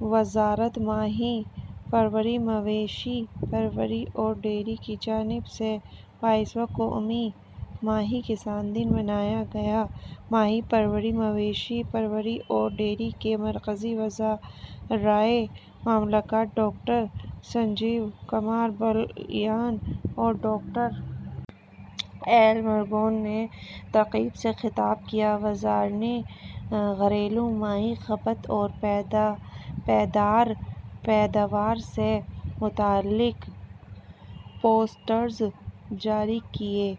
وزارت ماہی پروری مویشی پروری اور ڈیری کی جانب سے بائیسواں قومی ماہی کسان دن منایا گیا ماہی پروری مویشی پروری اور ڈیری کے مرکزی وزرائے مملکت ڈاکٹر سنجیو کمار بالیان اور ڈاکٹر ایل مروگن نے تقریب سے خطاب کیا وزرا نے گھریلو ماہی کھپت اور پائیدار پیداوار سے متعلق پوسٹرز جاری کیے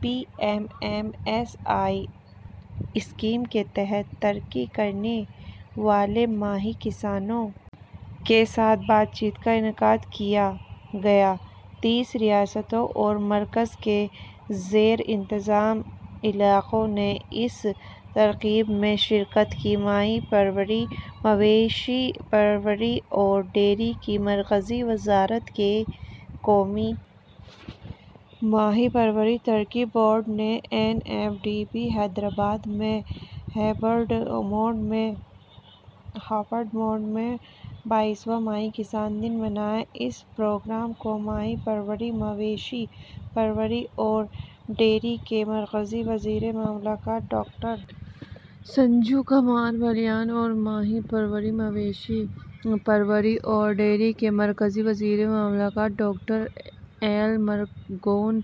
P M M S Y scheme کے تحت ترقی کرنے والے ماہی کسانوں کے ساتھ بات چیت کا انعقاد کیا گیا تیس ریاستوں اور مرکز کے زیر انتظام علاقوں نے اس تقریب میں شرکت کی ماہی پروری مویشی پروری اور ڈیری کی مرکزی وزارت کے قومی ماہی پروری ترقی بورڈ نے N F D B Hyderabad میں ہائبرڈ موڈ میں بائیسواں ماہی کسان دن منایا اس پروگرام کو ماہی پروری مویشی پروری اور ڈیری کے مرکزی وزیر مملکت ڈاکٹر سنجیو کمار بالیان اور ماہی پروری مویشی پروری اور ڈیری کے مرکزی وزیر مملکت ڈاکٹر ایل مروگن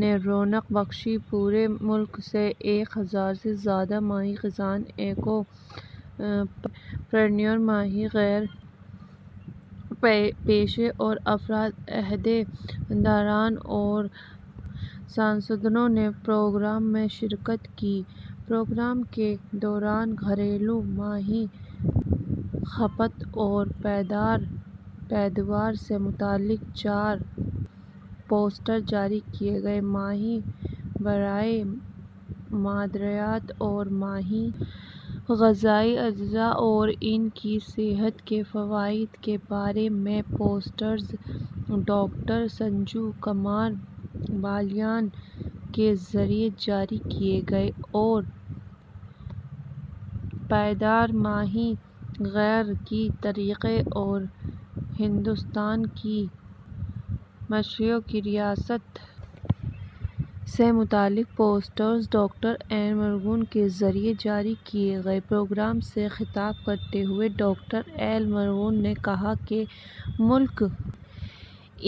نے رونق بخشی پورے ملک سے ایک ہزار سے زیادہ ماہی کسان ایکوا پرینیور ماہی گیر پیشہ ور افراد عہدے داران اور سائنسدانوں نے پروگرام میں شرکت کی پروگرام کے دوران گھریلو ماہی کھپت اور پائیدار پیداوار سے متعلق چار پوسٹرز جاری کیے گئے ماہی برائے مادریت اور ماہی غذائی اجزا اور ان کی صحت کے فوائد کے بارے میں پوسٹرز ڈاکٹر سنجیو کمار بالیان کے ذریعہ جاری کیے گئے اور پائیدار ماہی گیری کے طریقے اور ہندوستان کی مچھلیوں کی ریاست سے متعلق پوسٹرز ڈاکٹر ایل مروگن کے ذریعہ جاری کیے گئے پروگرام سے خطاب کرتے ہوئے ڈاکٹر ایل مروگن نے کہا کہ ملک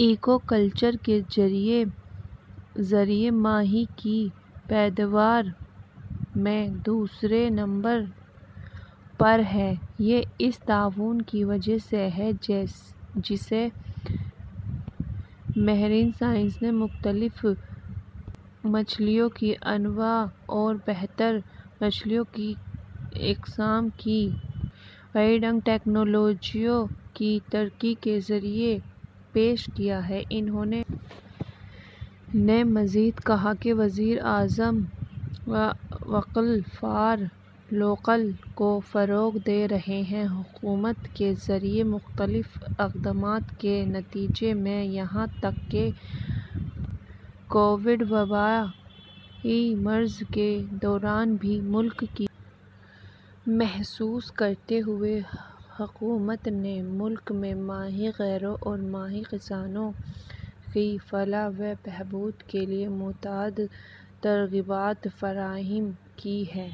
ایکوا کلچر کے ذریعہ ماہی کی پیداوار میں دوسرے نمبر پر ہے یہ اس تعاون کی وجہ سے ہے جسے ماہرین سائنس نے مختلف مچھلیوں کی انواع اور بہتر مچھلیوں کی اقسام کی بریڈنگ ٹیکنالوجیوں کی ترقی کے ذریعہ پیش کیا ہے انہوں نے مزید کہا کہ وزیر اعظم ووکل فار لوکل کو فروغ دے رہے ہیں حکومت کے ذریعہ مختلف اقدامات کے نتیجے میں یہاں تک کہ کووڈ وبائی مرض کے دوران بھی ملک کی محسوس کرتے ہوئے حکومت نے ملک میں ماہی گیروں اور ماہی کسانوں کی فلاح و بہبود کے لیے متعدد ترغیبات فراہم کی ہیں